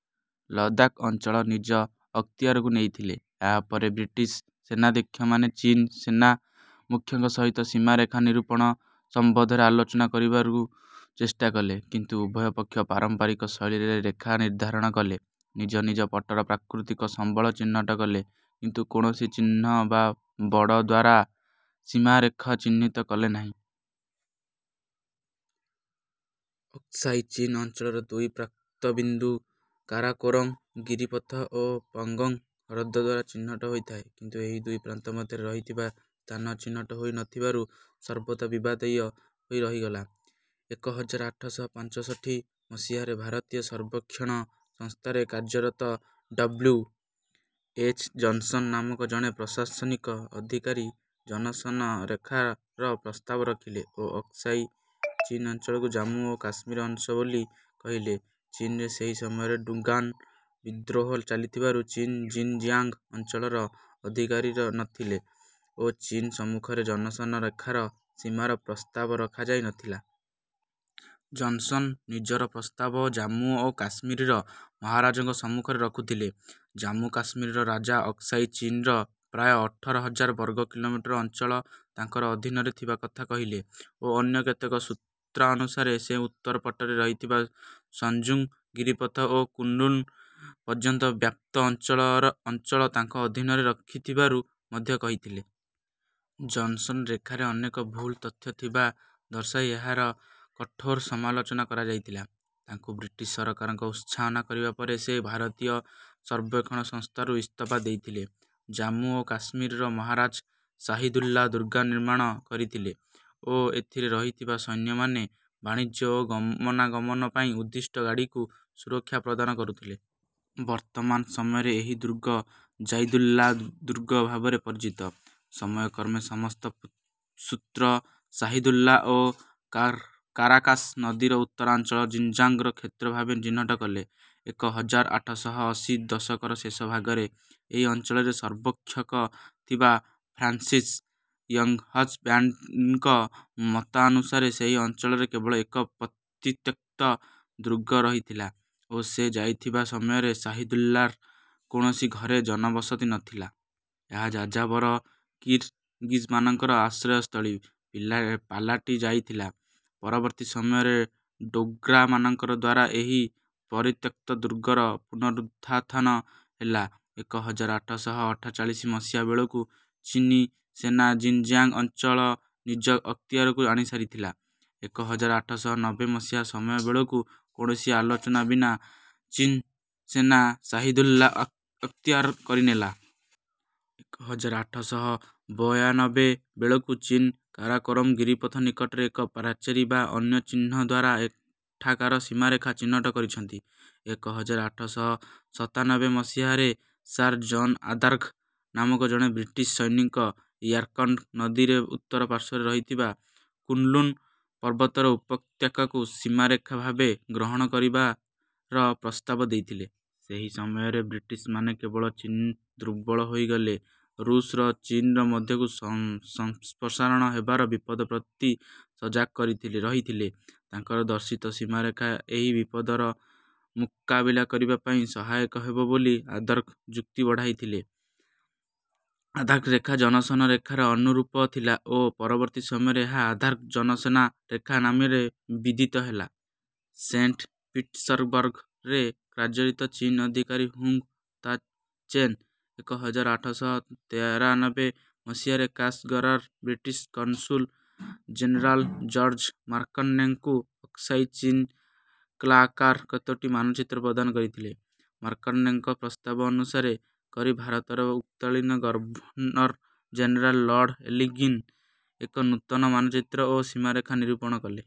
ଲଦାଖ୍ ଅଞ୍ଚଳ ନିଜ ଅକ୍ତିଆରକୁ ନେଇଥିଲେ। ଏହାପରେ ବ୍ରିଟିଶ୍ ସେନାଧ୍ୟକ୍ଷମାନେ ଚୀନୀ ସେନାମୁଖ୍ୟଙ୍କ ସହିତ ସୀମାରେଖା ନିରୂପଣ ସମ୍ବନ୍ଧରେ ଆଲୋଚନା କରିବାକୁ ଚେଷ୍ଟା କଲେ। କିନ୍ତୁ ଉଭୟ ପକ୍ଷ ପାରମ୍ପରିକ ଶୈଳୀରେ ରେଖା ନିର୍ଦ୍ଧାରଣ କଲେ, ନିଜ ନିଜ ପଟର ପ୍ରାକୃତିକ ସମ୍ବଳ ଚିହ୍ନଟ କଲେ, କିନ୍ତୁ କୌଣସି ଚିହ୍ନ ବା ବଡ଼ ଦ୍ୱାରା ସୀମାରେଖା ଚିହ୍ନିତ କଲେ ନାହିଁ। ଅକ୍ସାଇ ଚୀନ୍ ଅଞ୍ଚଳର ଦୁଇ ପ୍ରାନ୍ତବିନ୍ଦୁ କାରାକୋରମ୍ ଗିରିପଥ ଓ ପାଙ୍ଗୋଙ୍ଗ୍ ହ୍ରଦ ଦ୍ୱାରା ଚିହ୍ନଟ ହୋଇଥାଏ। କିନ୍ତୁ ଏହି ଦୁଇ ପ୍ରାନ୍ତ ମଧ୍ୟରେ ରହିଥିବା ସ୍ଥାନ ଚିହ୍ନଟ ହୋଇ ନ ଥିବାରୁ ସର୍ବଦା ବିବାଦୀୟ ହୋଇ ରହିଗଲା। ଏକ ହଜାର ଆଠ ଶହ ପଞ୍ଚଷଠି ମସିହାରେ ଭାରତୀୟ ସର୍ବେକ୍ଷଣ ସଂସ୍ଥାରେ କାର୍ଯ୍ୟରତ ଡବ୍ଲୁ ଏଚ୍ ଜନ୍‌ସନ୍ ନାମକ ଜଣେ ପ୍ରଶାସନିକ ଅଧିକାରୀ ଜନ୍‌ସନ୍ ରେଖାର ପ୍ରସ୍ତାବ ରଖିଲେ ଓ ଅକ୍ସାଇ ଚୀନ୍ ଅଞ୍ଚଳକୁ ଜାମ୍ମୁ ଓ କାଶ୍ମୀରର ଅଂଶ ବୋଲି କହିଲେ। ଚୀନରେ ସେହି ସମୟରେ ଡୁଙ୍ଗାନ୍ ବିଦ୍ରୋହ ଚାଲିଥିବାରୁ ଚୀନ୍ ଜିନ୍ ଜିଆଙ୍ଗ୍ ଅଞ୍ଚଳର ଅଧିକାରୀର ନ ଥିଲା ଓ ଚୀନ୍ ସମ୍ମୁଖରେ ଜନ୍‌ସନ୍ ରେଖାର ସୀମାର ପ୍ରସ୍ତାବ ରଖାଯାଇ ନ ଥିଲା। ଜନ୍‌ସନ୍ ନିଜର ପ୍ରସ୍ତାବ ଜାମ୍ମୁ ଓ କାଶ୍ମୀରର ମହାରାଜାଙ୍କ ସମ୍ମୁଖରେ ରଖିଥିଲେ। ଜାମ୍ମୁ କାଶ୍ମୀରର ରାଜା ଅକ୍ସାଇ ଚୀନ୍‌ର ପ୍ରାୟ ଅଠର ହଜାର ବର୍ଗ କିଲୋମିଟର ଅଞ୍ଚଳ ତାଙ୍କର ଅଧୀନରେ ଥିବା କଥା କହିଲେ ଓ ଅନ୍ୟ କେତେକ ସୂତ୍ରାନୁସାରେ ସେ ଉତ୍ତର ପଟରେ ରହିଥିବା ସଂଜୁ ଗିରିପଥ ଓ କୁନ୍ ଲୁନ୍ ପର୍ଯ୍ୟନ୍ତ ବ୍ୟାପ୍ତ ଅଞ୍ଚଳ ତାଙ୍କ ଅଧୀନରେ ରଖିଥିବାରୁ ମଧ୍ୟ କହିଥିଲେ। ଜନ୍‌ସନ୍ ରେଖାରେ ଅନେକ ଭୁଲ ତଥ୍ୟ ଥିବା ଦର୍ଶାଇ ଏହାର କଠୋର ସମାଲୋଚନା କରାଯାଇଥିଲା। ତାଙ୍କୁ ବ୍ରିଟିଶ୍ ସରକାର ଉତ୍ସାହନା କରିବା ପରେ ସେ ଭାରତୀୟ ସର୍ବେକ୍ଷଣ ସଂସ୍ଥାରୁ ଇସ୍ତଫା ଦେଇଥିଲେ। ଜାମ୍ମୁ ଓ କାଶ୍ମୀରର ମହାରାଜା ଶାହିଦୁଲ୍ଲା ଦୁର୍ଗ ନିର୍ମାଣ କରିଥିଲେ ଓ ଏଥିରେ ରହିଥିବା ସୈନ୍ୟମାନେ ବାଣିଜ୍ୟ ଓ ଗମନାଗମନ ପାଇଁ ଉଦ୍ଦିଷ୍ଟ ଗାଡ଼ିକୁ ସୁରକ୍ଷା ପ୍ରଦାନ କରୁଥିଲେ। ବର୍ତ୍ତମାନ ସମୟରେ ଏହି ଦୁର୍ଗ ଜାଇଦୁଲ୍ଲା ଦୁର୍ଗ ଭାବରେ ପରିଚିତ। ସମୟକ୍ରମେ ସମସ୍ତ ସୂତ୍ର ଶାହିଦୁଲ୍ଲା ଓ କାର କାରାକାଶ୍ ନଦୀର ଉତ୍ତରାଞ୍ଚଳ ଜିନ୍‌ଜିଆଙ୍ଗ୍‌ର କ୍ଷେତ୍ର ଭାବେ ଚିହ୍ନଟ କଲେ। ଏକ ହଜାର ଆଠ ଶହ ଅଶୀ ଦଶକର ଶେଷ ଭାଗରେ ଏହି ଅଞ୍ଚଳର ସର୍ବକ୍ଷକ ଥିବା ଫ୍ରାନ୍ସିସ୍ ୟଙ୍ଗ୍‌ହଜ୍‌ବ୍ୟାଣ୍ଡଙ୍କ ମତାନୁସାରେ ସେହି ଅଞ୍ଚଳରେ କେବଳ ଏକ ପତିତ୍ୟକ୍ତ ଦୁର୍ଗ ରହିଥିଲା ଓ ସେ ଯାଇଥିବା ସମୟରେ ଶାହିଦୁଲ୍ଲାର କୌଣସି ଘରେ ଜନବସତି ନ ଥିଲା। ଏହା ଯାଯାବର କିର୍‌ଗିଜ୍‌ମାନଙ୍କର ଆଶ୍ରୟସ୍ଥଳୀ ପିଲା ପାଲାଟି ଯାଇଥିଲା। ପରବର୍ତ୍ତୀ ସମୟରେ ଡୋଗ୍ରାମାନଙ୍କ ଦ୍ୱାରା ଏହି ପରିତ୍ୟକ୍ତ ଦୁର୍ଗର ପୁନରୁତ୍ଥାନ ହେଲା। ଏକ ହଜାର ଆଠ ଶହ ଅଠଚାଳିଶ ମସିହା ବେଳକୁ ସିନୀ ସେନା ଜିନ୍‌ଜିଆଙ୍ଗ୍ ଅଞ୍ଚଳ ନିଜ ଅକ୍ତିଆରକୁ ଆଣିସାରିଥିଲା। ଏକ ହଜାର ଆଠ ଶହ ନବେ ମସିହା ସମୟ ବେଳକୁ କୌଣସି ଆଲୋଚନା ବିନା ଚୀନ ସେନା ଶାହିଦୁଲ୍ଲା ଅକ ଅକ୍ତିଆର କରିନେଲା। ଏକ ହଜାର ଆଠ ଶହ ବୟାନବେ ବେଳକୁ ଚୀନ୍ କାରାକୋରମ୍ ଗିରିପଥ ନିକଟରେ ଏକ ପାଚେରୀ ବା ଅନ୍ୟ ଚିହ୍ନ ଦ୍ୱାରା ଏଠାକାର ସୀମାରେଖା ଚିହ୍ନଟ କରିଛନ୍ତି। ଏକ ହଜାର ଆଠ ଶହ ସତାନବେ ମସିହାରେ ସାର୍ ଜନ୍ ଆର୍ଦାଘ୍ ନାମକ ଜଣେ ବ୍ରିଟିଶ୍ ସୈନିକ ୟାର୍କଣ୍ଡ୍ ନଦୀର ଉତ୍ତର ପାର୍ଶ୍ୱରେ ରହିଥିବା କୁନ୍‌ଲୁନ୍ ପର୍ବତର ଉପତ୍ୟକାକୁ ସୀମାରେଖା ଭାବେ ଗ୍ରହଣ କରିବାର ପ୍ରସ୍ତାବ ଦେଇଥିଲେ। ସେହି ସମୟରେ ବ୍ରିଟିଶ୍‌ମାନେ କେବଳ ଚୀନ୍ ଦୁର୍ବଳ ହୋଇଗଲେ ଋଷ୍‌ର ଚୀନ୍ ମଧ୍ୟକୁ ସଂପ୍ରସାରଣ ହେବାର ବିପଦ ପ୍ରତି ସଜାଗ ରହିଥିଲେ। ତାଙ୍କ ଦର୍ଶିତ ସୀମାରେଖା ଏହି ବିପଦର ମୁକାବିଲା କରିବା ପାଇଁ ସହାୟକ ହେବ ବୋଲି ଆର୍ଦାଘ୍ ଯୁକ୍ତି ବାଢ଼ିଥିଲେ। ଆର୍ଦାଘ୍ ରେଖା ଜନ୍‌ସନ୍ ରେଖାର ଅନୁରୂପ ଥିଲା ଓ ପରବର୍ତ୍ତୀ ସମୟରେ ଏହା ଆର୍ଦାଘ୍ ଜନ୍‌ସନ୍ ରେଖା ନାମରେ ବିଦିତ ହେଲା। ସେଣ୍ଟ୍ ପିଟର୍ସବର୍ଗ୍‌ରେ କାର୍ଯ୍ୟରତ ଚୀନୀ ଅଧିକାରୀ ହୁଙ୍ଗ୍ ତା-ଚେନ୍ ଏକ ହଜାର ଆଠ ଶହ ତେରାନବେ ମସିହାରେ କାଶ୍‌ଗାର୍‌ର ବ୍ରିଟିଶ୍ କନ୍‌ସୁଲ୍ ଜେନେରାଲ୍ ଜର୍ଜ୍ ମକାର୍ଟ୍‌ନେଙ୍କୁ ଅକ୍ସାଇ ଚୀନ୍ ଇଲାକାର କେତୋଟି ମାନଚିତ୍ର ପ୍ରଦାନ କରିଥିଲେ। ମକାର୍ଟ୍‌ନେଙ୍କ ପ୍ରସ୍ତାବର ଅନୁଶୀଳନ କରି ଭାରତର ତତ୍କାଳୀନ ଗଭର୍ଣ୍ଣର୍ ଜେନେରାଲ୍ ଲର୍ଡ୍ ଏଲ୍‌ଗିନ୍ ଏକ ନୂତନ ମାନଚିତ୍ର ଓ ସୀମାରେଖା ନିରୂପଣ କଲେ।